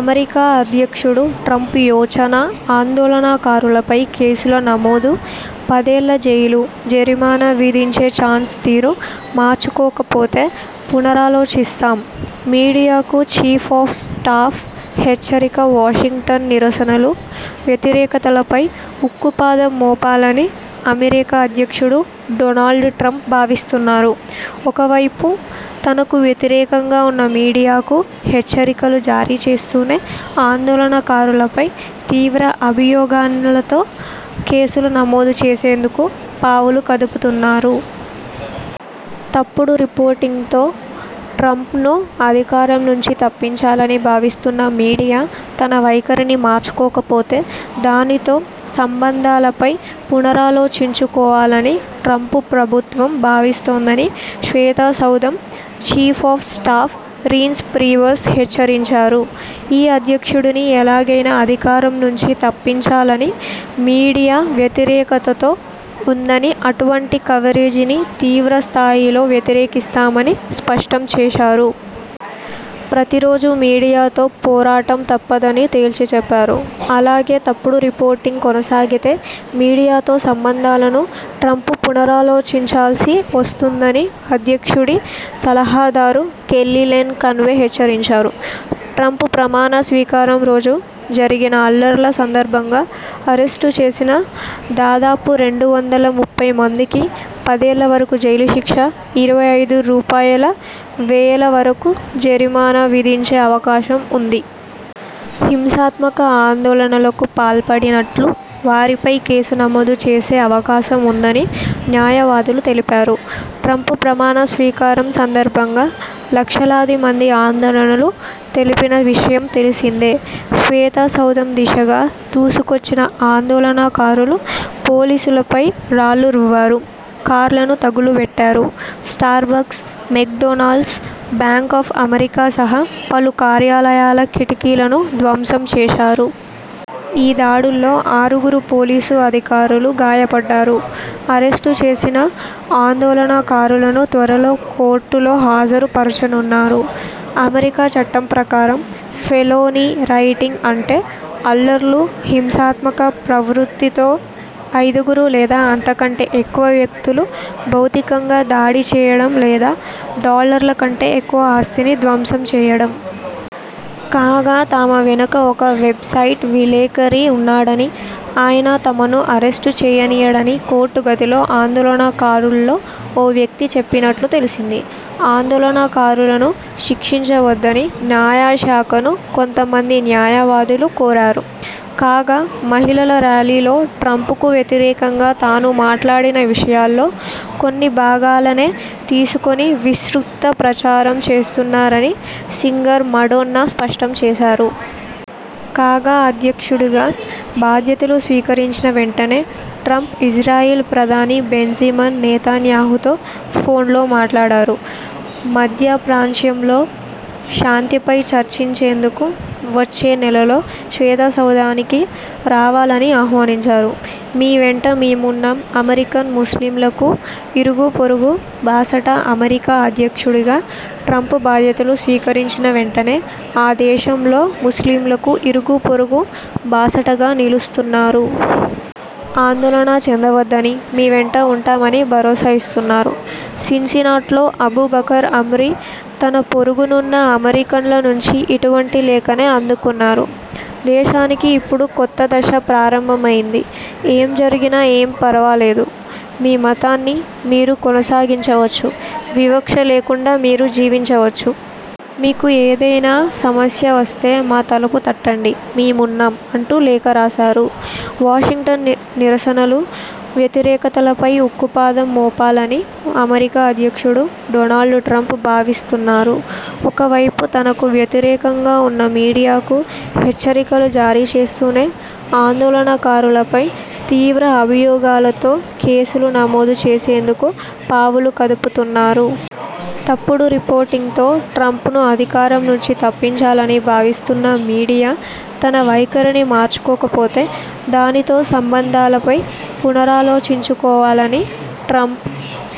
America అధ్యక్షుడు Trump యోచన ఆందోళనకారులపై కేసుల నమోదు పదేళ్ల జైలు, జరిమానా విధించే చాన్స్ తీరు మార్చుకోక పోతే పునరాలోచిస్తాం మీడియాకు చీఫ్ ఆఫ్ స్టాఫ్ హెచ్చరిక వాషింగ్టన్ నిరసనలు, వ్యతిరేకతలపై ఉక్కుపాదం మోపాలని అమెరికా అధ్యక్షుడు డొనాల్డ్ ట్రంప్ భావిస్తున్నారు. ఒకవైపు, తనకు వ్యతిరేకంగా ఉన్న మీడియాకు హెచ్చరికలు జారీ చేస్తూనే, ఆందోళనకారులపై తీవ్ర అభియోగాలతో కేసులు నమోదు చేసేందుకు పావులు కదుపుతున్నారు. తప్పుడు రిపోర్టింగ్తో ట్రంప్ను అధికారం నుంచి తప్పించాలని భావిస్తున్న మీడియా తన వైఖరిని మార్చుకోకపోతే, దానితో సంబంధాలపై పునరాలోచించుకోవాలని ట్రంప్ ప్రభుత్వం భావిస్తోందని శ్వేతసౌధం chief of staff Reince Priebus హెచ్చరించారు. ఈ అధ్యక్షుడిని ఎలాగైనా అధికారం నుంచి తప్పించాలని మీడియా వ్యతిరేకతతో ఉందని, అటువంటి కవరేజీని తీవ్రస్థాయిలో వ్యతిరేకిస్తామని స్పష్టం చేశారు. ప్రతిరోజూ మీడియాతో పోరాటం తప్పదని తేల్చి చెప్పారు. అలాగే, తప్పుడు రిపోర్టింగ్ కొనసాగితే మీడియాతో సంబంధాలను ట్రంప్ పునరాలోచించాల్సి వస్తుందని అధ్యక్షుడి సలహాదారు కెల్లీలేన్ కాన్వే హెచ్చరించారు. ట్రంప్ ప్రమాణ స్వీకారం రోజు జరిగిన అల్లర్ల సందర్భంగా అరెస్టు చేసిన దాదాపు రెండు వందల ముప్పై మందికి పదేళ్ల వరకూ జైలుశిక్ష, ఇరవై ఐదు రూపాయలువేల వరకూ జరిమానా విధించే అవకాశం ఉంది. హింసాత్మక ఆందోళనల కు పాల్పడినట్లు వారిపై కేసు నమోదు చేసే అవకాశం ఉందని న్యాయవాదులు తెలిపారు. ట్రంప్ ప్రమాణ స్వీకారం సందర్భంగా లక్షలాది మంది ఆందోళనలు తెలిపిన విషయం తెలిసిందే. శ్వేతసౌధం దిశగా దూసుకొచ్చిన ఆందోళనకారులు పోలీసులపై రాళ్లు రువ్వారు. కార్లను తగులబెట్టారు. Starbucks, McDonald's, Bank of America సహా పలు కార్యాలయాల కిటికీలను ధ్వంసం చేశారు. ఈ దాడుల్లో ఆరుగురు పోలీసు అధికారులు గాయపడ్డారు. అరెస్టు చేసిన ఆందోళనకారులను త్వరలో కోర్టులో హాజరు పరచనున్నారు. అమెరికా చట్టం ప్రకారం ఫెలోనీ రాయిటింగ్ అంటే, అల్లర్లు, హింసాత్మక ప్రవృత్తితో ఐదుగురు లేదా అంతకంటే ఎక్కువ వ్యక్తులు భౌతికంగా దాడి చేయడం లేదా డాలర్ల కంటే ఎక్కువ ఆస్తిని ధ్వంసం చేయడం. కాగా, తమ వెనక ఒక వెబ్సైట్ విలేకరి ఉన్నాడని, ఆయన తమను అరెస్టు చేయనీయడని కోర్టు గదిలో ఆందోళనకారుల్లో ఓ వ్యక్తి చెప్పినట్లు తెలిసింది. ఆందోళనకారులను శిక్షించవద్దని న్యాయ శాఖను కొంతమంది న్యాయవాదులు కోరారు. కాగా, మహిళల ర్యాలీలో ట్రంప్కు వ్యతిరేకంగా తాను మాట్లాడిన విషయాల్లో కొన్ని భాగాలనే తీసుకుని విస్తృత ప్రచారం చేస్తున్నారని సింగర్ మడోన్నా స్పష్టం చేశారు. కాగా, అధ్యక్షుడిగా బాధ్యతలు స్వీకరించిన వెంటనే ట్రంప్ ఇజ్రాయెల్ ప్రధాని బెంజిమన్ నెతన్యాహూతో ఫోన్లో మాట్లాడారు. మధ్యప్రాచ్యంలో శాంతిపై చర్చించేందుకు వచ్చే నెలలో శ్వేతసౌధానికి రావాలని ఆహ్వానించారు. మీవెంట మేమున్నాం అమెరికన్ ముస్లిములకు ఇరుగుపొరుగు బాసట అమెరికా అధ్యక్షుడుగా ట్రంప్ బాధ్యతలు స్వీకరించిన వెంటనే, ఆ దేశంలోని ముస్లిములకు ఇరుగు పొరుగు బాసటగా నిలుస్తున్నారు. ఆందోళన చెందవద్దని, మీ వెంట ఉంటామని భరోసా ఇస్తున్నారు. సిన్సినాట్లోని అబూ బకర్ ఆమ్రీ తన పొరుగునున్న అమెరికన్ల నుంచి ఇటువంటి లేఖనే అందుకున్నారు. ''దేశానికి ఇప్పుడు ఒక కొత్త దశ ప్రారంభమైంది. ఏం జరిగినా ఏమీ పర్వాలేదు. మీ మతాన్ని మీరు కొనసాగించవచ్చు. వివక్ష లేకుండా మీరు జీవించవచ్చు. మీకు ఏదైనా సమస్య వస్తే మా తలుపు తట్టండి. మేమున్నాం'' అంటూ లేఖ రాశారు. వాషింగ్టన్ నిరసనలు, వ్యతిరేకతలపై ఉక్కుపాదం మోపాలని అమెరికా అధ్యక్షుడు డొనాల్డ్ ట్రంప్ భావిస్తున్నారు. ఒకవైపు, తనకు వ్యతిరేకంగా ఉన్న మీడియాకు హెచ్చరికలు జారీ చేస్తూనే, ఆందోళనకారులపై తీవ్ర అభియోగాలతో కేసులు నమోదు చేసేందుకు పావులు కదుపుతున్నారు. తప్పుడు రిపోర్టింగ్తో ట్రంప్ను అధికారం నుంచి తప్పించాలని భావిస్తున్న మీడియా తన వైఖరిని మార్చుకోకపోతే, దానితో సంబంధాలపై పునరాలోచించుకోవాలని ట్రంప్